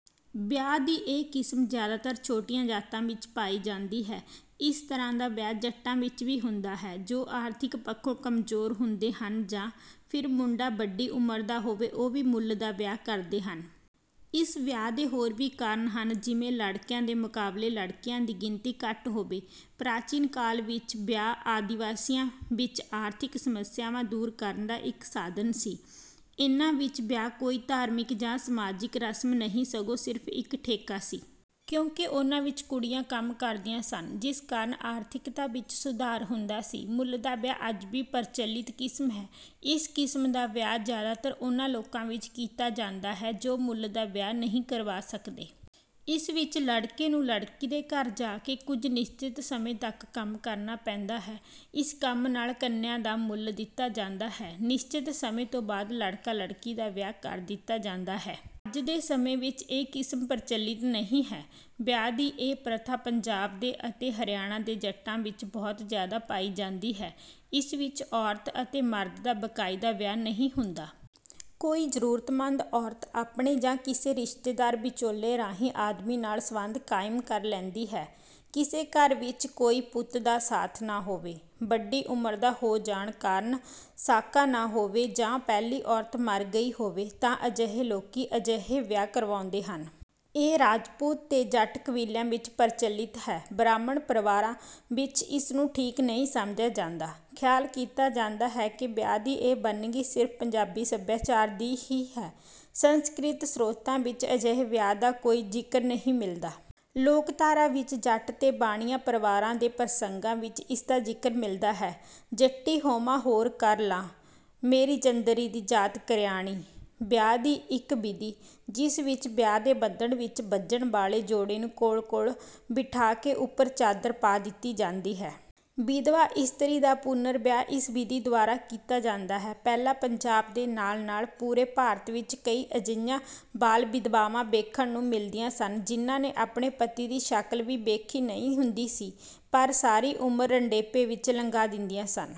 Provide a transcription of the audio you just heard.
ਵਿਆਹ ਦੀ ਇਹ ਕਿਸਮ ਜ਼ਿਆਦਾਤਰ ਛੋਟੀਆਂ ਜਾਤਾਂ ਵਿੱਚ ਪਾਈ ਜਾਂਦੀ ਹੈ। ਇਸ ਤਰ੍ਹਾਂ ਦਾ ਵਿਆਹ ਜੱਟਾਂ ਵਿੱਚ ਵੀ ਹੁੰਦਾ ਹੈ। ਜੋ ਆਰਥਿਕ ਪੱਖੋਂ ਕਮਜ਼ੋਰ ਹੁੰਦੇ ਹਨ ਜਾਂ ਫਿਰ ਮੁੰਡਾ ਵੱਡੀ ਉਮਰ ਦਾ ਹੋਵੇ ਉਹ ਵੀ ਮੁੱਲ ਦਾ ਵਿਆਹ ਕਰਦੇ ਹਨ। ਇਸ ਵਿਆਹ ਦੇ ਹੋਰ ਵੀ ਕਾਰਨ ਹਨ ਜਿਵੇਂ ਲੜਕਿਆਂ ਦੇ ਮੁਕਾਬਲੇ ਲੜਕੀਆਂ ਦੀ ਗਿਣਤੀ ਘੱਟ ਹੋਵੇ। ਪ੍ਰਾਚੀਨ ਕਾਲ ਵਿੱਚ ਵਿਆਹ ਆਦਿਵਾਸੀਆਂ ਵਿੱਚ ਆਰਥਿਕ ਸਮੱਸਿਆਵਾਂ ਦੂਰ ਕਰਨ ਦਾ ਇੱਕ ਸਾਧਨ ਸੀ। ਇਹਨਾਂ ਵਿੱਚ ਵਿਆਹ ਕੋਈ ਧਾਰਮਿਕ ਜਾਂ ਸਮਾਜਿਕ ਰਸਮ ਨਹੀਂ ਸਗੋਂ ਸਿਰਫ਼ ਇੱਕ ਠੇਕਾ ਸੀ। ਕਿਉਂਕਿ ਉਹਨਾਂ ਵਿੱਚ ਕੁੜੀਆਂ ਕੰਮ ਕਰਦੀਆਂ ਸਨ ਜਿਸ ਕਾਰਨ ਆਰਥਿਕਤਾ ਵਿੱਚ ਸੁਧਾਰ ਹੁੰਦਾ ਸੀ। ਮੁੱਲ ਦਾ ਵਿਆਹ ਅੱਜ ਵੀ ਪ੍ਰਚਲਿਤ ਕਿਸਮ ਹੈ। ਇਸ ਕਿਸਮ ਦਾ ਵਿਆਹ ਜ਼ਿਆਦਾਤਰ ਉਹਨਾਂ ਲੋਕਾਂ ਵਿੱਚ ਕੀਤਾ ਜਾਂਦਾ ਹੈ ਜੋ ਮੁੱਲ ਦਾ ਵਿਆਹ ਨਹੀਂ ਕਰਵਾ ਸਕਦੇ। ਇਸ ਵਿੱਚ ਲੜਕੇ ਨੂੰ ਲੜਕੀ ਦੇ ਘਰ ਜਾ ਕੇ ਕੁਝ ਨਿਸ਼ਚਿਤ ਸਮੇਂ ਤੱਕ ਕੰਮ ਕਰਨਾ ਪੈਂਦਾ ਹੈ। ਇਸ ਕੰਮ ਨਾਲ ਕੰਨਿਆ ਦਾ ਮੁੱਲ ਦਿੱਤਾ ਜਾਂਦਾ ਹੈ। ਨਿਸ਼ਚਿਤ ਸਮੇਂ ਤੋਂ ਬਾਅਦ ਲੜਕਾ ਲੜਕੀ ਦਾ ਵਿਆਹ ਕਰ ਦਿੱਤਾ ਜਾਂਦਾ ਹੈ। ਅੱਜ ਦੇ ਸਮੇਂ ਵਿੱਚ ਇਹ ਕਿਸਮ ਪ੍ਰਚਲਿਤ ਨਹੀਂ ਹੈ। ਵਿਆਹ ਦੀ ਇਹ ਪ੍ਰਥਾ ਪੰਜਾਬ ਦੇ ਅਤੇ ਹਰਿਆਣੇ ਦੇ ਜੱਟਾਂ ਵਿੱਚ ਬਹੁਤ ਜ਼ਿਆਦਾ ਪਾਈ ਜਾਂਦੀ ਹੈ। ਇਸ ਵਿੱਚ ਔਰਤ ਅਤੇ ਮਰਦ ਦਾ ਬਕਾਇਦਾ ਵਿਆਹ ਨਹੀਂ ਹੁੰਦਾ। ਕੋਈ ਜ਼ਰੂਰਤਮੰਦ ਔਰਤ ਆਪਣੇ ਜਾਂ ਕਿਸੇ ਰਿਸ਼ਤੇਦਾਰ ਵਿਚੋਲੇ ਰਾਹੀਂ ਆਦਮੀ ਨਾਲ ਸਬੰਧ ਕਾਇਮ ਕਰ ਲੈਂਦੀ ਹੈ। ਕਿਸੇ ਘਰ ਵਿੱਚ ਕੋਈ ਪੁੱਤ ਦਾ ਸਾਥ ਨਾ ਹੋਵੇ, ਵੱਡੀ ਉਮਰ ਹੋ ਜਾਣ ਕਾਰਨ ਸਾਕਾ ਨਾ ਹੋਵੇ ਜਾਂ ਪਹਿਲੀ ਔਰਤ ਮਰ ਗਈ ਹੋਵੇ ਤਾਂ ਅਜਿਹੇ ਲੋਕੀ ਅਜਿਹੇ ਵਿਆਹ ਕਰਵਾਉਂਦੇ ਹਨ। ਇਹ ਰਾਜਪੂਤ ਤੇ ਜੱਟ ਕਬੀਲਿਆਂ ਵਿੱਚ ਪ੍ਰਚਲਿਤ ਹੈ। ਬ੍ਰਾਹਮਣ ਪਰਿਵਾਰਾਂ ਵਿੱਚ ਇਸ ਨੂੰ ਠੀਕ ਨਹੀਂ ਸਮਝਿਆ ਜਾਂਦਾ। ਖਿਆਲ ਕੀਤਾ ਜਾਂਦਾ ਹੈ ਕਿ ਵਿਆਹ ਦੀ ਇਹ ਵੰਨਗੀ ਸਿਰਫ਼ ਪੰਜਾਬੀ ਸੱਭਿਆਚਾਰ ਦੀ ਹੀ ਹੈ। ਸੰਸਕ੍ਰਿਤ ਸਰੋਤਾਂ ਵਿੱਚ ਅਜਿਹੇ ਵਿਆਹ ਦਾ ਕੋਈ ਜ਼ਿਕਰ ਨਹੀਂ ਮਿਲਦਾ। ਲੋਕਧਾਰਾ ਵਿੱਚ ਜੱਟ ਤੇ ਬਾਣੀਆਂ ਪਰਿਵਾਰਾਂ ਦੇ ਪ੍ਰਸੰਗਾਂ ਵਿੱਚ ਇਸ ਦਾ ਜ਼ਿਕਰ ਮਿਲਦਾ ਹੈ: ਜੱਟੀ ਹੋਵਾਂ ਹੋਰ ਕਰ ਲਾਂ, ਮੇਰੀ ਚੰਦਰੀ ਦੀ ਜਾਤ ਕਰਿਆਣੀ। ਵਿਆਹ ਦੀ ਇੱਕ ਵਿਧੀ, ਜਿਸ ਵਿੱਚ ਵਿਆਹ ਦੇ ਬੰਧਨ ਵਿੱਚ ਬੱਝਣ ਵਾਲੇ ਜੋੜੇ ਨੂੰ ਕੋਲ-ਕੋਲ ਬਿਠਾ ਕੇ ਉੱਪਰ ਚਾਦਰ ਪਾ ਦਿੱਤੀ ਜਾਂਦੀ ਹੈ। ਵਿਧਵਾ ਇਸਤਰੀ ਦਾ ਪੁਨਰ ਵਿਆਹ ਇਸ ਵਿਧੀ ਦੁਆਰਾ ਕੀਤਾ ਜਾਂਦਾ ਹੈ। ਪਹਿਲਾਂ ਪੰਜਾਬ ਦੇ ਨਾਲ-ਨਾਲ ਪੂਰੇ ਭਾਰਤ ਵਿੱਚ ਕਈ ਅਜਿਹੀਆਂ ਬਾਲ ਵਿਧਵਾਵਾਂ ਵੇਖਣ ਨੂੰ ਮਿਲਦੀਆਂ ਸਨ ਜਿਨ੍ਹਾਂ ਨੇ ਆਪਣੇ ਪਤੀ ਦੀ ਸ਼ਕਲ ਵੀ ਵੇਖੀ ਨਹੀਂ ਹੁੰਦੀ ਸੀ ਪਰ ਸਾਰੀ ਉਮਰ ਰੰਡੇਪੇ ਵਿੱਚ ਲੰਘਾ ਦਿੰਦੀਆਂ ਸਨ।